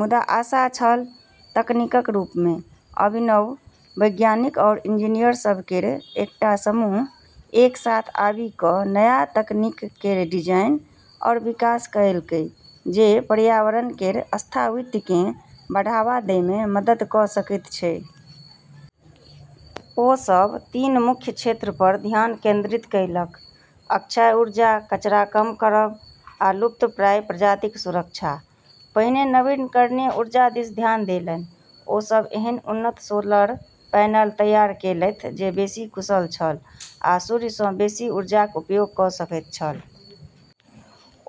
मुदा आशा छल - तकनीकक रूपमे। अभिनव वैज्ञानिक आरू इंजीनियर सभ केर एकटा समूह एक साथ आबी कऽ नया तकनीक केर डिजाइन आरू विकास कएलकै जे पर्यावरण केर स्थायित्वकेँ बढ़ावा दैमे मदद कऽ सकैत छै। ओ सब तीन मुख्य क्षेत्रपर ध्यान केंद्रित कएलक: अक्षय ऊर्जा, कचरा कम करब, आ लुप्तप्राय प्रजातिक सुरक्षा। पहिने नवीकरणीय ऊर्जा दिस ध्यान देलनि। ओ सब एहन उन्नत सोलर पैनल तैयार केलथि जे बेसी कुशल छल आ सूर्यसँ बेसी ऊर्जाक उपयोग कऽ सकैत छल।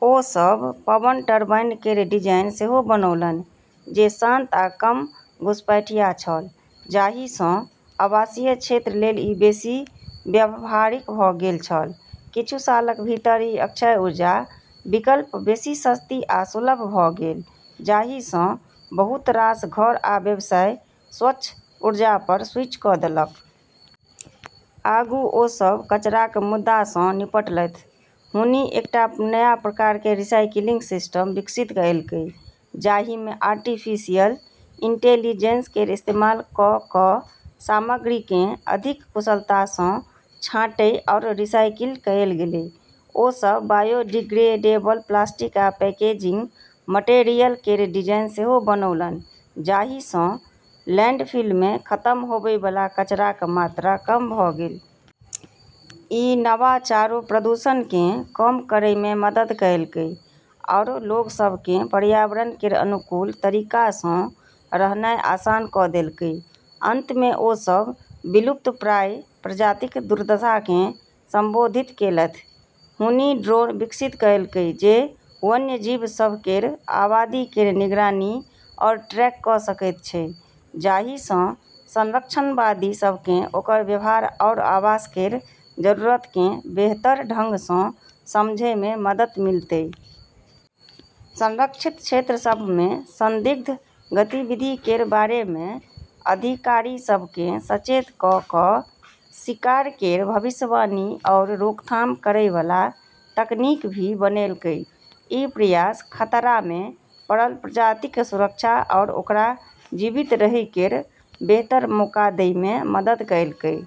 ओ सब पवन टरबाइन केर डिजाइन सेहो बनौलनि जे शांत आ कम घुसपैठिया छल, जाहिंसँ आवासीय क्षेत्र लेल ई बेसी व्यावहारिक भऽ गेल छल। किछु सालक भीतर ई अक्षय ऊर्जा विकल्प बेसी सस्ती आ सुलभ भऽ गेल, जाहिंसँ बहुत रास घर आ व्यवसाय स्वच्छ ऊर्जापर स्विच कऽ देलक। आगू ओ सब कचराक मुद्दासँ निपटलथि। हुनी एकटा नया प्रकार केर रीसाइक्लिंग सिस्टम विकसित कएलकै जाहिमे आर्टिफिशियल इंटेलिजेंस केर इस्तेमाल कऽ कऽ सामग्रीकेँ अधिक कुशलतासँ छाँटै आरू रिसाइकिल कएल गेलै। ओ सब बायोडिग्रेडेबल प्लास्टिक आ पैकेजिंग मटेरियल केर डिजाइन सेहो बनौलनि, जाहिंसँ लैंडफिलमे खतम होबैवाला कचराक मात्रा कम भऽ गेल। ई नवाचारो प्रदूषणकेँ कम करैमे मदद कएलकै, आरू लोग सभकेँ पर्यावरण केर अनुकूल तरीकासँ रहनाय आसान कऽ देलकै। अंतमे ओ सब विलुप्तप्राय प्रजातिक दुर्दशाकेँ संबोधित केलथि। हुनी ड्रोन विकसित कएलकै जे वन्यजीव सभ केर आबादी केर निगरानी आरू ट्रैक कऽ सकैत छै, जाहिंसँ संरक्षणवादी सभकेँ ओकर व्यवहार आरू आवास केर जरूरतकेँ बेहतर ढंगसँ समझैमे मदद मिलतै। संरक्षित क्षेत्र सभमे संदिग्ध गतिविधि केर बारेमे अधिकारिसभकेँ सचेत कऽ कऽ, शिकार केर भविष्यवाणी आरू रोकथाम करैवाला तकनीक भी बनेलकै। ई प्रयास खतरामे पड़ल प्रजातिक सुरक्षा आरू ओकरा जीवित रहै केर बेहतर मौका दैमे मदद कएलकै।